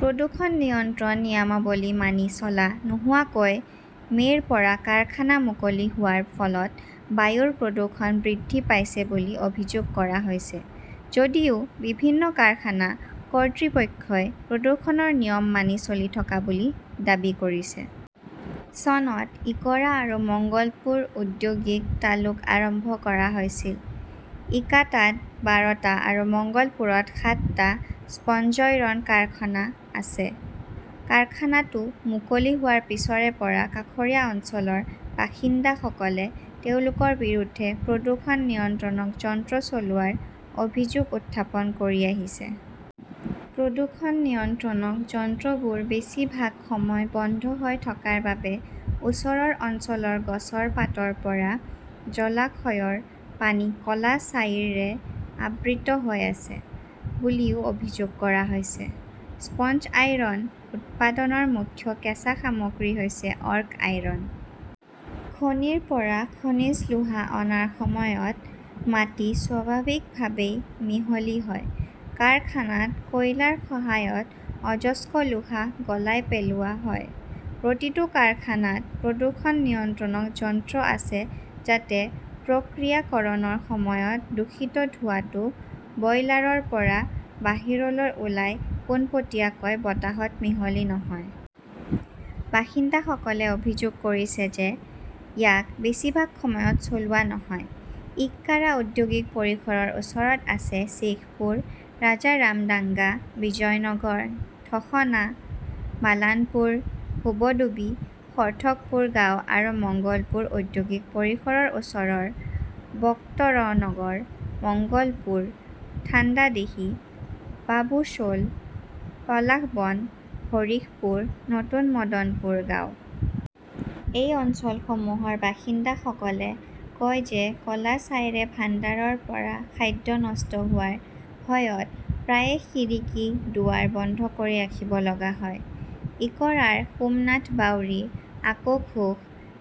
প্ৰদূষণ নিয়ন্ত্ৰণ নিয়মাৱলী মানি চলা নোহোৱাকৈ মে 'ৰ পৰা কাৰখানা মুকলি হোৱাৰ ফলত বায়ুৰ প্ৰদূষণ বৃদ্ধি পাইছে বুলি অভিযোগ কৰা হৈছে। যদিও বিভিন্ন কাৰখানা কৰ্তৃপক্ষই প্ৰদূষণৰ নিয়ম মানি চলি থকা বুলি দাবী কৰিছে। চনত ইকৰা আৰু মঙ্গলপুৰ ঔদ্যোগিক তালুক আৰম্ভ কৰা হৈছিল। ইকাতাত বাৰটা আৰু মঙ্গলপুৰত সাতটা স্পঞ্জইৰন কাৰখানা আছে। কাৰখানাটো মুকলি হোৱাৰ পিছৰে পৰা কাষৰীয়া অঞ্চলৰ বাসিন্দাসকলে তেওঁলোকৰ বিৰুদ্ধে প্ৰদূষণ নিয়ন্ত্ৰক যন্ত্ৰ চলোৱাৰ অভিযোগ উত্থাপন কৰি আহিছে। প্ৰদূষণ নিয়ন্ত্ৰক যন্ত্ৰবোৰ বেছিভাগ সময় বন্ধ হৈ থকাৰ বাবে ওচৰৰ অঞ্চলৰ গছৰ পাতৰ পৰা জলাশয়ৰ পানী ক 'লা ছাইৰে আবৃত হৈ আছে বুলিও অভিযোগ কৰা হৈছে। স্পঞ্জ আইৰণ উৎপাদনৰ মুখ্য কেঁচা সামগ্ৰী হৈছে অৰ্ক আইৰণ। খনিৰ পৰা খনিজ লোহা অনাৰ সময়ত মাটি স্বাভাৱিকভাৱেই মিহলি হয়। কাৰখানাত কয়লাৰ সহায়ত অযস্ক লোহা গলাই পেলোৱা হয়। প্ৰতিটো কাৰখানাত প্ৰদূষণ নিয়ন্ত্ৰক যন্ত্ৰ আছে যাতে প্ৰক্ৰিয়াকৰণৰ সময়ত দূষিত ধোঁৱাটো বয়লাৰৰ পৰা বাহিৰলৈ ওলাই পোনপটীয়াকৈ বতাহত মিহলি নহয়। বাসিন্দাসকলে অভিযোগ কৰিছে যে ইয়াক বেছিভাগ সময়ত চলোৱা নহয়। ইক্কাৰা ঔদ্যোগিক পৰিসৰৰ ওচৰত আছে শ্বেখপুৰ, ৰাজাৰামডাংগা, বিজয়নগৰ, ধসনা, বালানপুৰ, হুবডুবি, সৰ্থকপুৰ গাঁও আৰু মঙ্গলপুৰ ঔদ্যোগিক পৰিসৰৰ ওচৰৰ বক্তৰনগৰ, মঙ্গলপুৰ, থান্ডাডিহি, বাবুশ্বোল, পলাশবন, হৰিশপুৰ, নতুন মদনপুৰ গাঁও। এই অঞ্চলসমূহৰ বাসিন্দাসকলে কয় যে ক 'লা ছাইৰে ভাণ্ডাৰৰ পৰা খাদ্য নষ্ট হোৱাৰ ভয়ত প্ৰায়ে খিৰিকী, দুৱাৰ বন্ধ কৰি ৰাখিব লগা হয়। ইকৰাৰ সোমনাথ বাউৰী, আকু ঘোষ,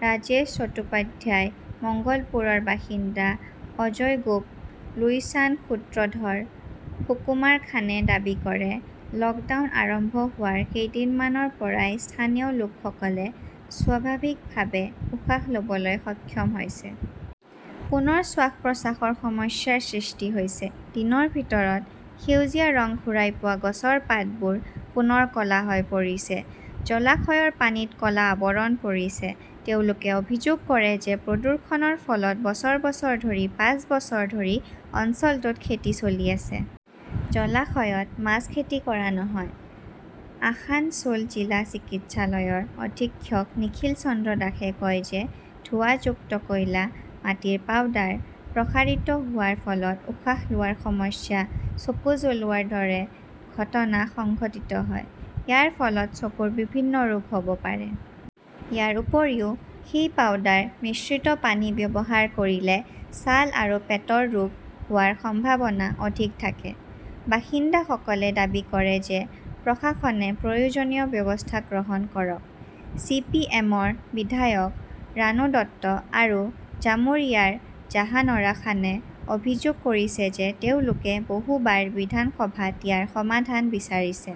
ৰাজেশ চট্টোপাধ্যায়, মাংগালপুৰৰ বাসিন্দা অজয় গোপ, লুইচান্দ সূত্ৰধৰ, সুকুমাৰ খানে দাবী কৰে, লকডাউন আৰম্ভ হোৱাৰ কেইদিনমানৰ পৰাই স্থানীয় লোকসকলে স্বাভাৱিকভাৱে উশাহ লবলৈ সক্ষম হৈছে। পুনৰ শ্বাস-প্ৰশ্বাসৰ সমস্যাৰ সৃষ্টি হৈছে। দিনৰ ভিতৰত সেউজীয়া ৰং ঘূৰাই পোৱা গছৰ পাতবোৰ পুনৰ ক 'লা হৈ পৰিছে। জলাশয়ৰ পানীত ক 'লা আৱৰণ পৰিছে। তেওঁলোকে অভিযোগ কৰে যে প্ৰদূষণৰ ফলত বছৰ বছৰ ধৰি পাঁচ বছৰ ধৰি অঞ্চলটোত খেতি চলি আছে। জলাশয়ত মাছ খেতি কৰা নহয়। আসানছোল জিলা চিকিৎসালয়ৰ অধীক্ষক নিখিল চন্দ্ৰ দাসে কয় যে ধোঁৱাযুক্ত কয়লা, মাটিৰ পাউডাৰ প্ৰসাৰিত হোৱাৰ ফলত উশাহ লোৱাৰ সমস্যা, চকু জ্বলোৱাৰ দৰে ঘটনা সংঘটিত হয়। ইয়াৰ ফলত চকুৰ বিভিন্ন ৰোগ হব পাৰে। ইয়াৰ উপৰিও, সেই পাউডাৰ মিশ্ৰিত পানী ব্যৱহাৰ কৰিলে ছাল আৰু পেটৰ ৰোগ হোৱাৰ সম্ভাৱনা অধিক থাকে। বাসিন্দাসকলে দাবী কৰে যে প্ৰশাসনে প্ৰয়োজনীয় ব্যৱস্থা গ্ৰহণ কৰক। চি. পি. এম. -ৰ বিধায়ক ৰানু দত্ত আৰু জামুৰিয়াৰ জাহানৰা খানে অভিযোগ কৰিছে যে তেওঁলোকে বহুবাৰ বিধান সভাত ইয়াৰ সমাধান বিচাৰিছে।